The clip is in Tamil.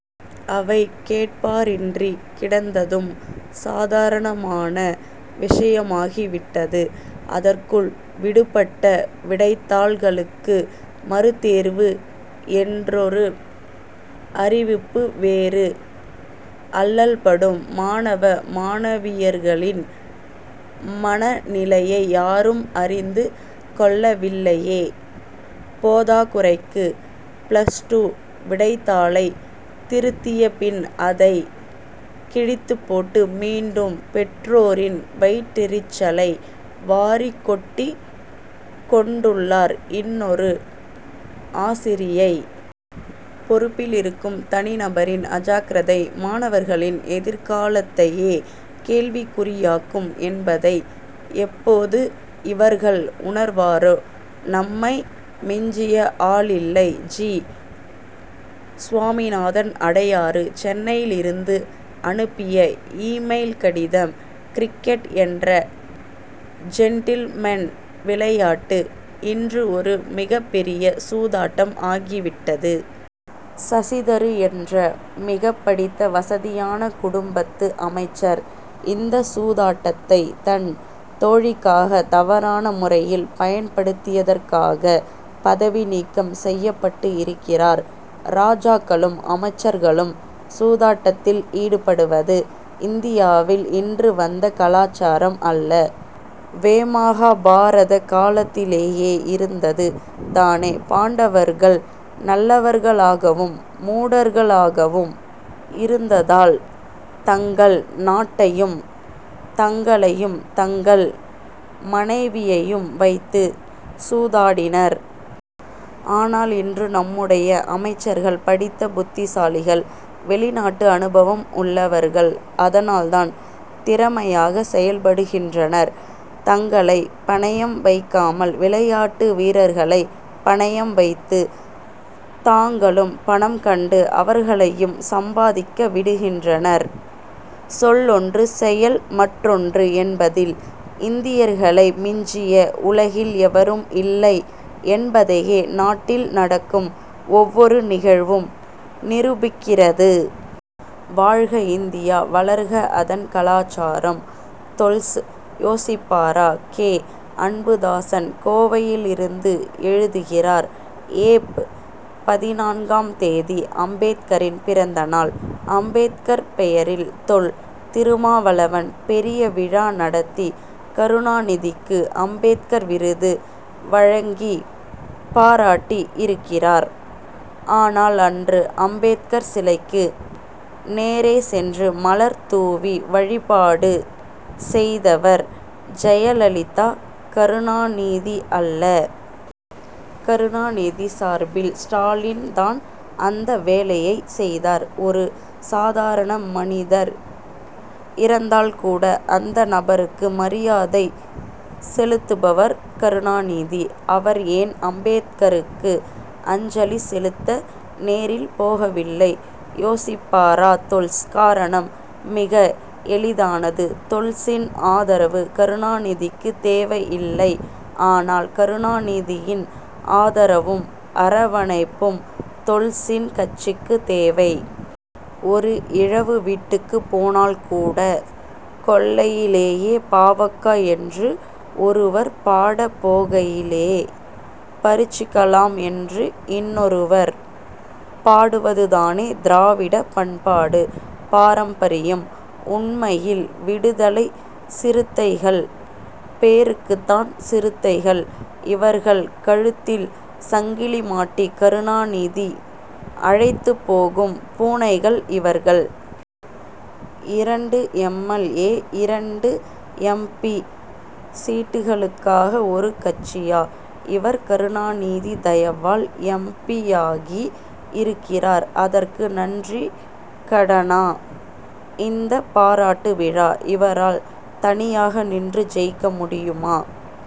அவை கேட்பாரின்றி கிடந்ததும் சாதாரணமான விஷயமாகி விட்டது. அதற் குள் விடுபட்ட விடைத்தாள் களுக்கு மறுதேர்வு என் றொரு அறிவிப்பு வேறு. அல்லல்படும் மாணவ மாணவியர்களின் மனநிலையை யாரும் அறிந்து கொள்ளவில்லையே. போதாக்குறைக்கு பிளஸ் டூ விடைத்தாளை திருத்திய பின் அதை கிழித்துப் போட்டு மீண்டும் பெற்றோரின் வயிற்றெரிச்சலை வாரிக் கொட்டிக் கொண்டுள்ளார் இன்னொரு ஆசிரியை. பொறுப்பில் இருக்கும் தனி நபரின் அஜாக்கிரதை மாணவர்களின் எதிர்காலத் தையே கேள்விக்குறியாக் கும் என்பதை எப்போது இவர்கள் உணர்வரோ? நம்மை மிஞ்ச ஆளில்லை! ஜி. சுவாமிநாதன் அடையாறு சென்னையிலிருந்து அனுப்பிய இ-மெயில் கடிதம் கிரிக்கெட் என்ற ஜென்டில்மென் விளையாட்டு இன்று ஒரு மிகப் பெரிய சூதாட்டம் ஆகி விட்டது. சசி தரூர் என்ற மிகப் படித்த வசதியான குடும்பத்து அமைச்சர் இந்த சூதாட்டத்தை தன் தோழிக்காக தவறான முறையில் பயன்படுத்தியதற்காக பதவி நீக்கம் செய்யப்பட்டிருக்கிறார். ராஜாக்களும் அமைச்சர்களும் சூதாட்டத்தில் ஈடுபடுவது இந்தியாவில் இன்று வந்த கலாசாரம் அல்ல வேமகாபாரத காலத்திலேயே இருந்தது தானே! பாண்டவர்கள் நல்லவர்களாகவும் மூடர்களாகவும் இருந்ததால் தங்கள் நாட்டையும் தங்களையும் தங்கள் மனைவியையும் வைத்து சூதாடினர். ஆனால் இன்று நம்முடைய அமைச்சர்கள் படித்த புத்திசாலிகள் வெளிநாட்டு அனுபவம் உள்ளவர் கள்அதனால் தான் திறமையாக செயல்படுகின்றனர். தங்களை பணயம் வைக்காமல் விளையாட்டு வீரர் களை பணயம் வைத்து தாங்களும் பணம் கண்டு அவர்களையும் சம்பாதிக்க விடுகின்றனர். சொல் ஒன்று செயல் மற்றொன்று என்பதில் இந்தியர்களை மிஞ்ச உலகில் எவரும் இல்லை என்பதையே நாட்டில் நடக்கும் ஒவ்வொரு நிகழ்வும் நிரூபிக்கிறது. வாழ்க இந்தியா வளர்க அதன் கலாசாரம்! தொல்ஸ் யோசிப்பாரா? கே. அன்புதாசன் கோவையிலிருந்து எழுதுகிறார் ஏப். பதினான்காம் தேதி அம்பேத்கரின் பிறந்த நாள். அம்பேத்கர் பெயரில் தொல். திருமாவளவன் பெரிய விழா நடத்தி கருணாநிதிக்கு அம்பேத்கர் விருது வழங்கிப் பாராட்டி இருக்கிறார். ஆனால் அன்று அம்பேத்கர் சிலைக்கு நேரே சென்று மலர் தூவி வழிபாடு செய்தவர் ஜெயலலிதா கருணாநிதி அல்ல. கருணாநிதி சார்பில் ஸ்டாலின் தான் அந்த வேலையைச் செய்தார். ஒரு சாதாரண மனிதர் இறந்தால் கூட அந்த நபருக்கு மரியாதை செலுத்துபவர் கருணாநிதி. அவர் ஏன் அம்பேத்கருக்கு அஞ்சலி செலுத்த நேரில் போகவில்லை? யோசிப்பாரா தொல்ஸ்? காரணம் மிக எளிதானது. தொல்சின் ஆதரவு கருணாநிதிக்கு தேவை இல்லை ஆனால் கருணாநிதியின் ஆதரவும் அரவணைப்பும் தொல்சின் கட்சிக்குத் தேவை. ஒரு இழவு வீட்டுக்குப் போனால் கூட கொல்லையிலே பாவக்கா என்று ஒருவர் பாட போகையிலே பறிச்சிக்கலாம் என்று இன்னொருவர் பாடுவது தானே திராவிட பண்பாடு பாரம்பரியம். உண்மையில் விடுதலைச் சிறுத்தைகள் பேருக்குத்தான் சிறுத்தைகள் இவர்கள் கழுத்தில் சங்கிலி மாட்டி கருணாநிதி அழைத்துப் போகும் பூனைகள் இவர்கள். இரண்டு எம். எல். ஏ. இரண்டு எம். பி. சீட்டுகளுக்காக ஒரு கட்சியா? இவர் கருணாநிதி தயவால் எம். பி. யாகி இருக்கிறார். அதற்கு நன்றிக் கடனா இந்தப் பாராட்டு விழா? இவரால் தனியாக நின்று ஜெயிக்க முடியுமா?